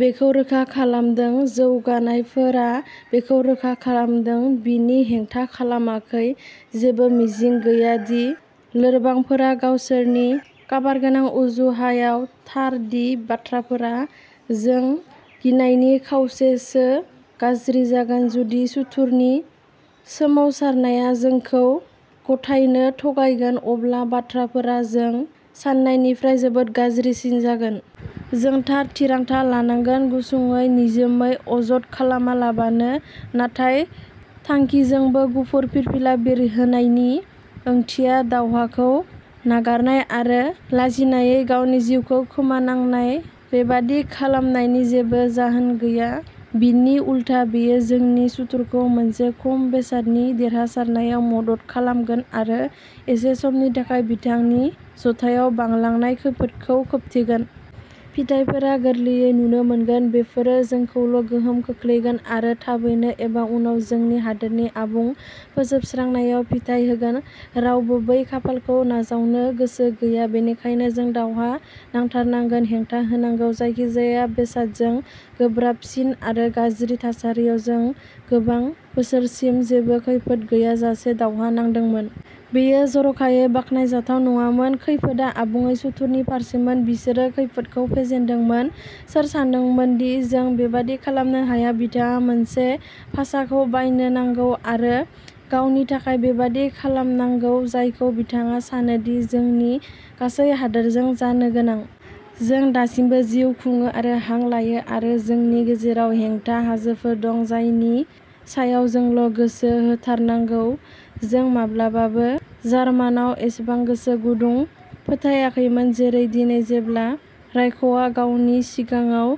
बेखौ रोखा खालामदों। जौगानायफोरा बेखौ रोखा खालामदों। बिनि हेंथा खालामाखै। जेबो मिजिं गैया दि लोरबांफोरा गावसोरनि काबारगोनां उजुहायाव थार दि बाथ्राफोरा जों गिनायनि खावसेसो गाज्रि जागोन। जुदि सुथुरनि सोमावसारनाया जोंखौ गथायनो थगायगोन, अब्ला बाथ्राफोरा जों सान्नायनिफ्राय जोबोद गाज्रिसिन जागोन। जों थार थिरांथा लानांगोन। गुसुङै, निजोमयै, अजद खालामालाबानो। नाथाय थांखिजोंबो गुफुर फिरफिला बिरहोनायनि ओंथिया दावहाखौ नागारनाय आरो लाजिनायै गावनि जिउखौ खोमानांनाय। बेबादि खालामनायनि जेबो जाहोन गैया। बिनि उलथा बेयो जोंनि सुथुरखौ मोनसे खम बेसादनि देरहासारनायाव मदद खालामगोन आरो एसे समनि थाखाय बिथांनि जथायाव बांलांनाय खैफोदखौ खोबथेगोन। फिथायफोरा गोरलैयै नुनो मोनो। बेफोरो जोंखौल' गोहोम खोख्लैगोन आरो थाबैनो एबा उनाव जोंनि हादोरनि आबुं फोजोबस्रांनायाव फिथाय होगोन। रावबो बै खाफालखौ नाजावनो गोसो गैया। बेनिखायनो जों दावहा नांथारनांगोन, हेंथा होनांगौ। जायखिजाया बेसादजों गोब्राबसिन आरो गाज्रि थासारियाव जों गोबां बोसोरसिम जेबो खैफोद गैयाजासे दावहा नांदोंमोन। बेयो जर'खायै बाखनाय जाथाव नङामोन। खैफोदआ आबुङै सुथुरनि फारसेमोन। बिसोरो खैफोदखौ फेजेनदोंमोन। सोर सानोदि जों बेबादि खालामनो हाया? बिथाङा मोनसे फासाखौ बायनो नांगौ आरो गावनि थाखाय बेबादि खालामनांगौ जायखौ बिथाङा सानो दि जोंनि गासै हादोरजों जानो गोनां। जों दासिमबो जिउ खुङो आरो हां लायो आरो जोंनि गेजेराव हेंथा हाजोफोर दं जायनि सायाव जोंल' गोसो होथारनांगौ। जों माब्लाबाबो जार्मानाव एसेबां गोसो गुदुं फोथायाखैमोन जेरै दिनै जेब्ला राइखआ गावनि सिगाङाव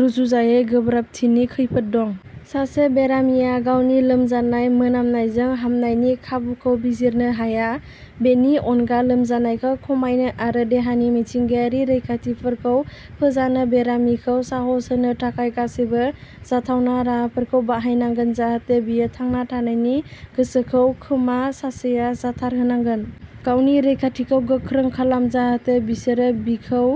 रुजुजायै गोब्राबथिनि खैफोद दं। सासे बेरामिया गावनि लोमजानाय मोनामनायजों हामनायनि खाबुखौ बिजिरनो हाया। बेनि अनगा लोमजानायखौ खमायनो आरो देहानि मिथिंगायारि रैखाथिफोरखौ फोजानो बेरामिखौ साहस होनो थाखाय गासैबो जाथावना राहाफोरखौ बाहायनांगोन जाहाथे बियो थांना थानायनि गोसोखौ खोमा सासेआ जाथारहोनांगोन। गावनि रैखाथिखौ गोख्रों खालाम जाहाथे बिसोरो बिखौ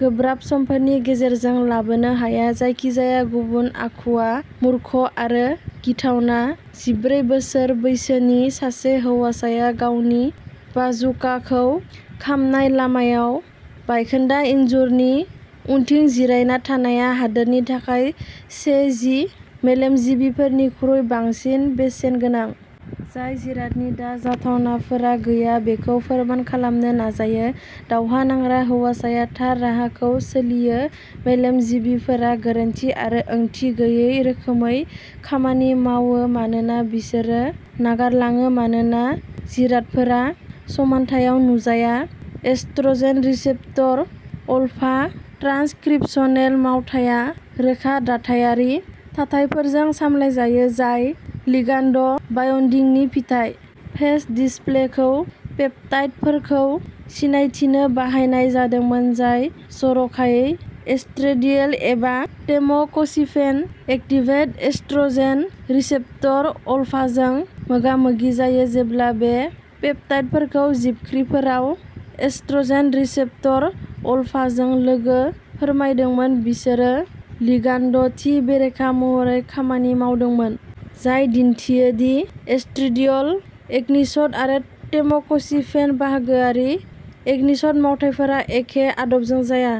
गोब्राब समफोरनि गेजेरजों लाबोनो हायो। जायखिजाया गुबुन आखुआ मुर्ख आरो गिथावना। जिब्रै बोसोर बैसोनि सासे हौवासाया गावनि बाजुकाखौ खामनाय लामायाव बायखोन्दा इनजुरनि उनथिं जिरायना थानायआ हादोरनि थाखाय से जि मेलेमजिबिफोरनिख्रुइ बांसिन बेसेन गोनां। जाय जिरादनि जाथावनाफोरा गैया बेखौ फोरमान खालामनो नाजायो। दावहा नांग्रा हौवासाया थार राहाजों सोलियो, मेलेमजिबिफोरा गोरोन्थि आरो ओंथि गैयै रोखोमै खामानि मावो मानोना बिसोरो नागारलाङो मानोना जिरादफोरा समान्थायाव नुजाया। एस्ट्रजेन रिसेप्टर अलफा ट्रानसक्रिप्शनेल मावथाया रोखा दाथायारि थाथायफोरजों सामलायजायो जाय लिगान्द बाइनदिंनि फिथाय। फेज डिसप्लेखौ पेप्टाइडफोरखौ सिनायथिनो बाहायनाय जादोंमोन जाय जर'खायै एस्ट्रेडियेल एबा टेम'क्सिफेन एक्टिभेट एस्ट्रजेन रिसेप्टर अलफाजों मोगामोगि जायो। जेब्ला बे पेप्टाइडफोरखौ जिबख्रिफोराव एस्ट्रजेन रिसेप्टर अलफाजों लोगो फोरमायदोंमोन। बिसोरो लिगान्द थि बेरेखा महरै खामानि मावदोंमोन। जाय दिनथियो दि एस्ट्रेडियल एगनिस्ट आरो टेम'क्सिफेन बाहागोआरि एगनिस्ट मावथायफोरा एखे आदबजों जाया।